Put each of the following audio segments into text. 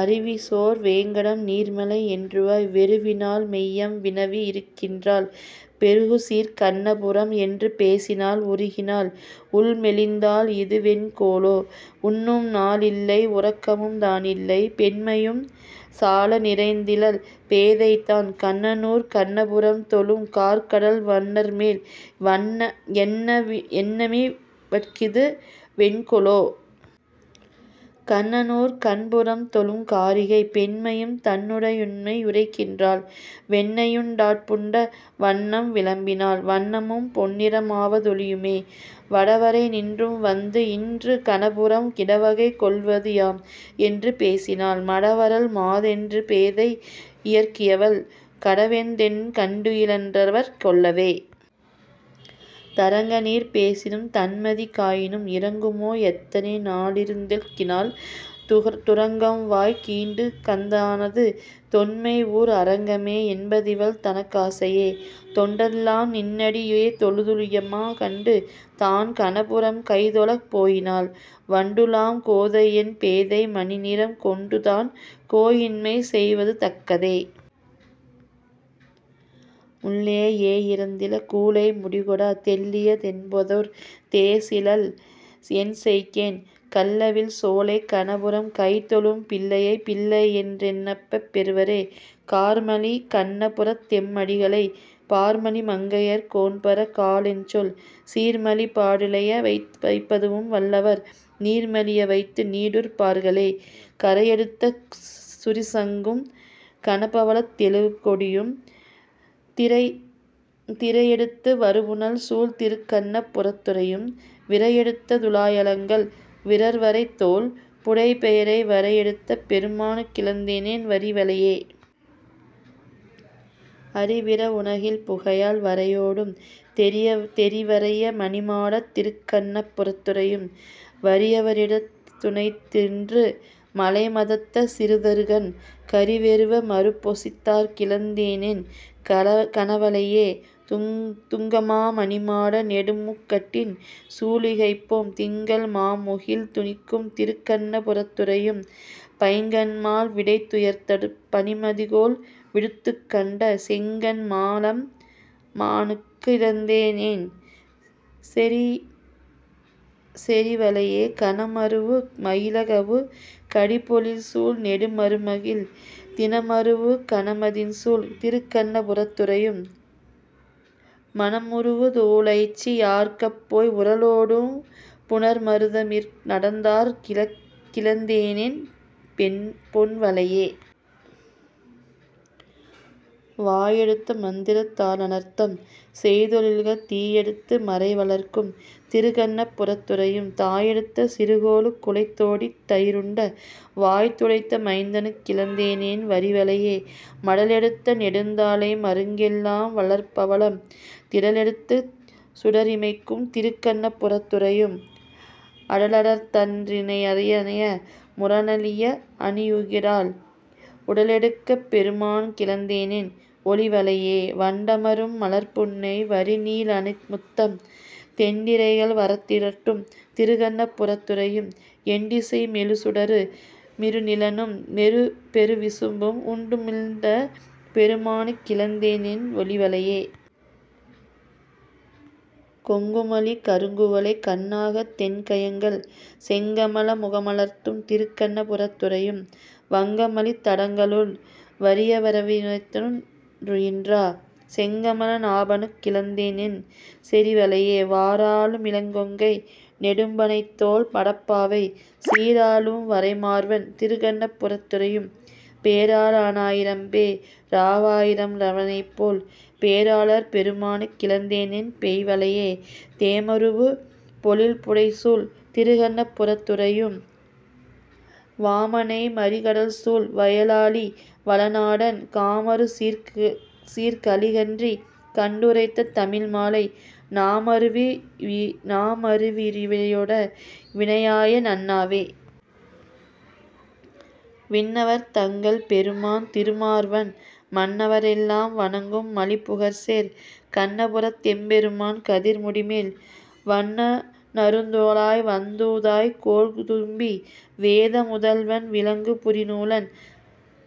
அருவிசோர் வேங்கடம் நீர்மலை என்றுவாய் வெருவினாள் மெய்யம் வினவி யிருக்கின்றாள், பெருகுசீர்க் கண்ண புரம் என்று பேசினாள் உருகினாள், உள்மெலிந் தாள் இது வென்கொலோ.. உண்ணும்நா ளில்லை உறக்கமுந் தானில்லை, பெண்மையும் சால நிறைந்திலள் பேதைதான், கண்ணனூர் கண்ண புரம்தொழும் கார்க்கடல் வண்ணர்மேல், எண்ண மிவட்கிது வென்கொலோ.. கண்ணனூர் கண்ண புரம்தொழும் காரிகை, பெண்மையும் தன்னுடை யுண்மை யுரைக்கின்றாள், வெண்ணெயுண் டாப்புண்ட வண்ணம் விளம்பினாள், வண்ணமும் பொன்னிற மாவ தொழியுமே.. வடவரை நின்றும்வந்து இன்று கணபுரம், இடவகை கொள்வது யாம் என்று பேசினாள், மடவரல் மாதரென் பேதை யிவர்க்கிவள் கடவதென், கண்டுயி லின்றிவர் கொள்ளவே.. தரங்கநீர் பேசினும் தண்மதி காயினும், இரங்குமோ எத்தனை நாளிருந் தெள்கினாள் துரங்கம்வாய் கீண்டுகந் தானது தொன்மை ஊர் அரங்கமே என்ப திவள்தனக் காசையே.. தொண்டெல்லாம் நின்னடி யேதொழு துய்யுமா கண்டு, தான் கணபுரம் கைதொழப் போயினாள் வண்டுலாம் கோதையென் பேதை மணிநிறம் கொண்டுதான், கோயின்மை செய்வது தக்கதே?. முள்ளெயி றேய்ந்தில, கூழை முடிகொடா, தெள்ளிய ளென்பதோர் தேசிலள் என்செய்கேன், கள்ளவிழ் சோலைக் கணபுரம் கைதொழும் பிள்ளையை, பிள்ளையென் றெண்ணப் பெறுவரே?. கார்மலி கண்ண புரத்தெம் அடிகளை, பார்மலி மங்கையர் கோன்பர காலன்சொல், சீர்மலி பாட லிவைபத்தும் வல்லவர், நீர்மலி வையத்து நீடுநிற் பார்களே. கரையெடுத்த சுரிசங்கும் கனபவளத் தெழுகொடியும், திரையெடுத்து வருபுனல்சூழ் திருக்கண்ண புரத்துறையும், விரையெடுத்த துழாயலங்கல் விறல்வரைத்தோள் புடைபெயர வரையெடுத்த பெருமானுக் கிழந்தேனென் வரிவளையே.. அரிவிரவு னகில்புகையால் வரையோடும் தெரிவரிய மணிமாடத் திருக்கண்ண புரத்துறையும், வரியரவி னணைத்துயின்று மழைமதத்த சிறுதறுகண், கரிவெருவ மருப்பொசித்தாற் கிழந்தேனென் கனவளையே.. துங்கமா மணிமாட நெடுமுகட்டின் சூலிகைபோம் திங்கள்மா முகில்துணிக்கும் திருக்கண்ண புரத்துறையும் பைங்கண்மால் விடையடர்த்துப் பனிமதிகோள் விடுத்துகந்த செங்கண்மா லம்மானுக் கிழந்தேனென் செறிவளையே.. கணமருவு மயிலகவு கடிபொழில்சூழ் நெடுமறுகில், திணமருவு கனமதிள்சூழ் திருக்கண்ண புரத்துறையும், மணமருவு தோளய்ச்சி யார்க்கப்போய் உரலோடும் புணர்மருத மிறநடந்தாற் கிழந்தேனெ ன் பொன்வளையே.. வாயெடுத்த மந்திரத்தா லந்தணர்தம் செய்தொழில்கள் தீயெடுத்து மறைவளர்க்கும் திருக்கண்ண புரத்துறையும் தாயெடுத்த சிறுகோலுக் குளைந்தோடித் தயிருண்ட, வாய்துடைத்த மைந்தனுக் கிழந்தேனென் வரிவளையே.. மடலெடுத்த நெடுந்தாழை மருங்கெல்லாம் வளர்பவளம், திடலெடுத்துச் சுடரிமைக்கும் திருக்கண்ண புரத்துறையும், அடலடர்த்தன் றிரணியனை முரணழிய அணியுகிரால், உடலெடுத்த பெருமானுக் கிழந்தேனென் ஒளிவளையே.. வண்டமரும் மலர்ப்புன்னை வரிநீழ லணிமுத்தம், தெண்டிரைகள் வரத்திரட்டும் திருக்கண்ண புரத்துறையும், எண்டிசையு மெழுசுடரு மிருநிலனும் பெருவிசும்பும், உண்டுமிழ்ந்த பெருமானுக் கிழந்தேனென் ஒளிவளையே.. கொங்குமலி கருங்குவளை கண்ணாக தெண்கயங்கள் செங்கமல முகமலர்த்தும் திருக்கண்ண புரத்துறையும், வங்கமலி தடங்கடலுள் வரியரவி னணைத்துயின்றா, செங்கமல நாபனுக் கிழந்தேனென் செறிவளையே.. வாராளு மிளங்கொங்கை நெடும்பணைத்தோள் மடப்பாவை, சீராளும் வரைமார்வன் திருக்கண்ண புரத்துறையும், பேராள னாயிரம்பே ராயிரவா யரவணைமேல் பேராளர் பெருமானுக் கிழந்தேனென் பெய்வளையே.. தேமருவு பொழில்புடைசூழ் திருக்கண்ண புரத்துறையும் வாமனனை, மறிகடல்சூழ் வயலாலி வளநாட, காமருசீர்க் கலிகன்றி கண்டுரைத்த தமிழ்மாலை, நாமருவி யிவைபாட வினையாய நண்ணாவே. விண்ணவர் தங்கள் பெருமான் திருமார்வன், மண்ணவ ரெல்லாம் வணங்கும் மலிபுகழ்சேர், கண்ண புரத்தெம் பெருமான் கதிர்முடிமேல், வண்ண நறுந்துழாய் வந்தூதாய் கோல்தும்பீ.. வேத முதல்வன் விளங்கு புரிநூலன்,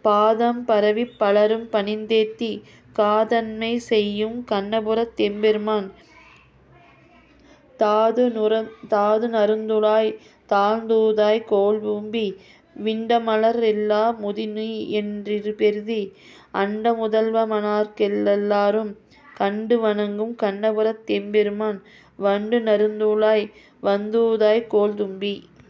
பாதம் பரவிப் பலரும் பணிந்தேத்தி, காதன்மை செய்யும் கண்ணபுரத் தெம்பெருமான், தாது நறுந்துழாய் தாழ்ந்தூதாய் கோல்தும்பீ.. விண்டமல ரெல்லா மூதிநீ யென்பெறுதி, அண்ட முதல்வ னமரர்க ளெல்லாரும், கண்டு வணங்கும் கண்ணபுரத் தெம்பெருமான் வண்டு நறுந்துழாய் வந்தூதாய் கோல்தும்பீ..